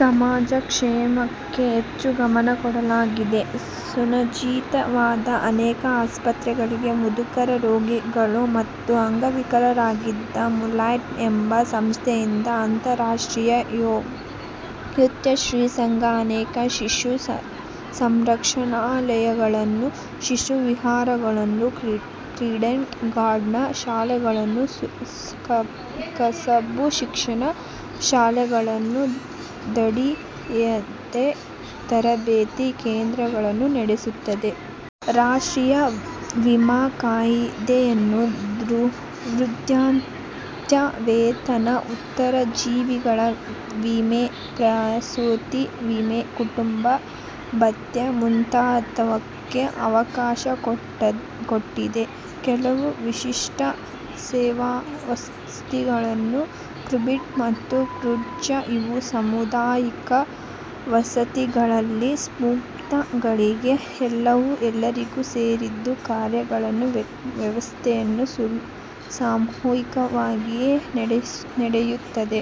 ಸಮಾಜ ಕ್ಷೇಮಕ್ಕೆ ಹೆಚ್ಚು ಗಮನ ಕೊಡಲಾಗಿದೆ. ಸುಸಜ್ಜಿತವಾದ ಅನೇಕ ಆಸ್ಪತ್ರೆಗಳಿವೆ. ಮುದುಕರು, ರೋಗಿಗಳು ಮತ್ತು ಅಂಗವಿಕಲರಿಗಾಗಿ ಮುಲ್ಟಾನ್ ಎಂಬ ಸಂಸ್ಥೆಯಿದೆ. ಅಂತರರಾಷ್ಟ್ರೀಯ ಯೆಹೂದ್ಯ ಸ್ತ್ರೀ ಸಂಘ ಅನೇಕ ಶಿಶು ಸಂರಕ್ಷಣಾಲಯಗಳನ್ನೂ ಶಿಶುವಿಹಾರಗಳನ್ನೂ ಕಿಂಡರ್ ಗಾರ್ಟನ್ ಶಾಲೆಗಳನ್ನೂ ಕಸಬು ಶಿಕ್ಷಣ ಶಾಲೆಗಳನ್ನೂ ದಾದಿಯರ ತರಬೇತಿ ಕೇಂದ್ರಗಳನ್ನೂ ನಡೆಸುತ್ತದೆ. ರಾಷ್ಟ್ರೀಯ ವಿಮಾ ಕಾಯಿದೆಯಲ್ಲಿ ವೃದ್ಧಾಪ್ಯ ವೇತನ, ಉತ್ತರಜೀವಿಗಳ ವಿಮೆ, ಪ್ರಸೂತಿ ವಿಮೆ. ಕುಟುಂಬ ಭತ್ಯೆ ಮುಂತಾದವಕ್ಕೆ ಅವಕಾಶ ಕೊಟ್ಟಿದೆ. ಕೆಲವು ವಿಶಿಷ್ಟ ಸೇವಾವಸತಿಗಳಿವು: ಕಿಬುಟ್ಜ್ ಮತ್ತು ಕ್ವುಟ್ಜ. ಇವು ಸಾಮುದಾಯಿಕ ವಸತಿಗಳು. ಇಲ್ಲಿ ಸ್ವತ್ತು, ಗಳಿಕೆ ಎಲ್ಲವೂ ಎಲ್ಲರಿಗೂ ಸೇರಿದ್ದು ಕಾರ್ಯಗಳ ವ್ಯವಸ್ಥೆಯೂ ಸಾಮೂಹಿಕವಾಗಿಯೇ ನಡೆಯುತ್ತದೆ.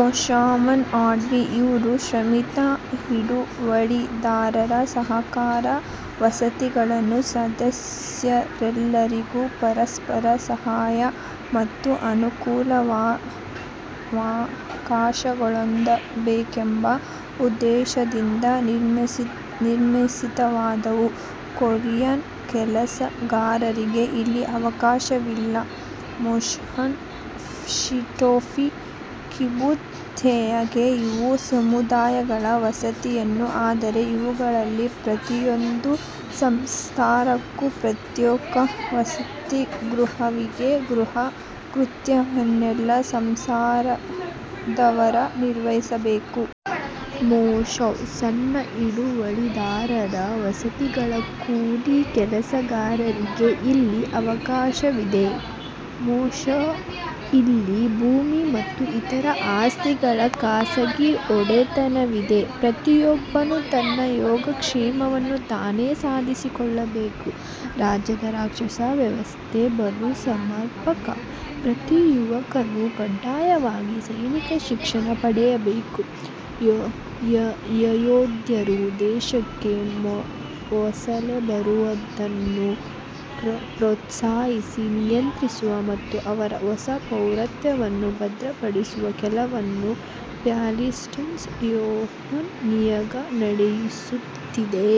ಮೋಷಾವ್ ಆವ್ಡಿಂ. ಇವು ಶ್ರಮಿಕ ಹಿಡುವಳಿದಾರರ ಸಹಕಾರ ವಸತಿಗಳು; ಸದಸ್ಯರೆಲ್ಲರಿಗೂ ಪರಸ್ಪರ ಸಹಾಯ ಮತ್ತು ಅನುಕೂಲಾವಕಾಶಗಳೊದಗಬೇಕೆಂಬ ಉದ್ದೇಶದಿಂದ ನಿರ್ಮಿತವಾದವು. ಕೂಲಿಯ ಕೆಲಸಗಾರರಿಗೆ ಇಲ್ಲಿ ಅವಕಾಶವಿಲ್ಲ. ಮೋಷಾವ್ ಷಿಟೂಫಿ; ಕಿಬುಟ್ಜ್ನಂತೆಯೇ ಇವೂ ಸಾಮುದಾಯಿಕ ವಸತಿಗಳು. ಆದರೆ ಇವುಗಳಲ್ಲಿ ಪ್ರತಿಯೊಂದು ಸಂಸಾರಕ್ಕೂ ಪ್ರತ್ಯೇಕ ವಸತಿಗೃಹವಿದೆ; ಗೃಹಕೃತ್ಯವನ್ನೆಲ್ಲ ಸಂಸಾರದವರೇ ನಿರ್ವಹಿಸಬೇಕು. ಮೋಷಾವ್: ಸಣ್ಣ ಹಿಡುವಳಿದಾರರ ವಸತಿಗಳು. ಕೂಲಿ ಕೆಲಸಗಾರರಿಗೆ ಇಲ್ಲಿ ಅವಕಾಶವಿದೆ. ಮೋಷಾವ: ಇಲ್ಲಿ ಭೂಮಿ ಮತ್ತು ಇತರ ಆಸ್ತಿಗಳ ಖಾಸಗಿ ಒಡೆತನವಿದೆ. ಪ್ರತಿಯೊಬ್ಬನೂ ತನ್ನ ಯೋಗಕ್ಷೇಮವನ್ನು ತಾನೇ ಸಾಧಿಸಿಕೊಳ್ಳಬೇಕು. ರಾಜ್ಯದ ರಕ್ಷಣಾ ವ್ಯವಸ್ಥೆ ಬಲು ಸಮರ್ಪಕ. ಪ್ರತಿ ಯುವಕನೂ ಕಡ್ಡಾಯವಾಗಿ ಸೈನಿಕ ಶಿಕ್ಷಣ ಪಡೆಯಬೇಕು. ಯೆಹೂದ್ಯರು ದೇಶಕ್ಕೆ ವಲಸೆ ಬರುವುದನ್ನು ಪ್ರೋತ್ಸಾಹಿಸಿ ನಿಯಂತ್ರಿಸುವ ಮತ್ತು ಅವರ ಹೊಸ ಪೌರತ್ವವನ್ನು ಭದ್ರಪಡಿಸುವ ಕೆಲಸವನ್ನು ಪ್ಯಾಲಿಸ್ಟೈನ್ ಯೆಹೂದ್ಯ ನಿಯೋಗ ನಡೆಸುತ್ತಿದೆ.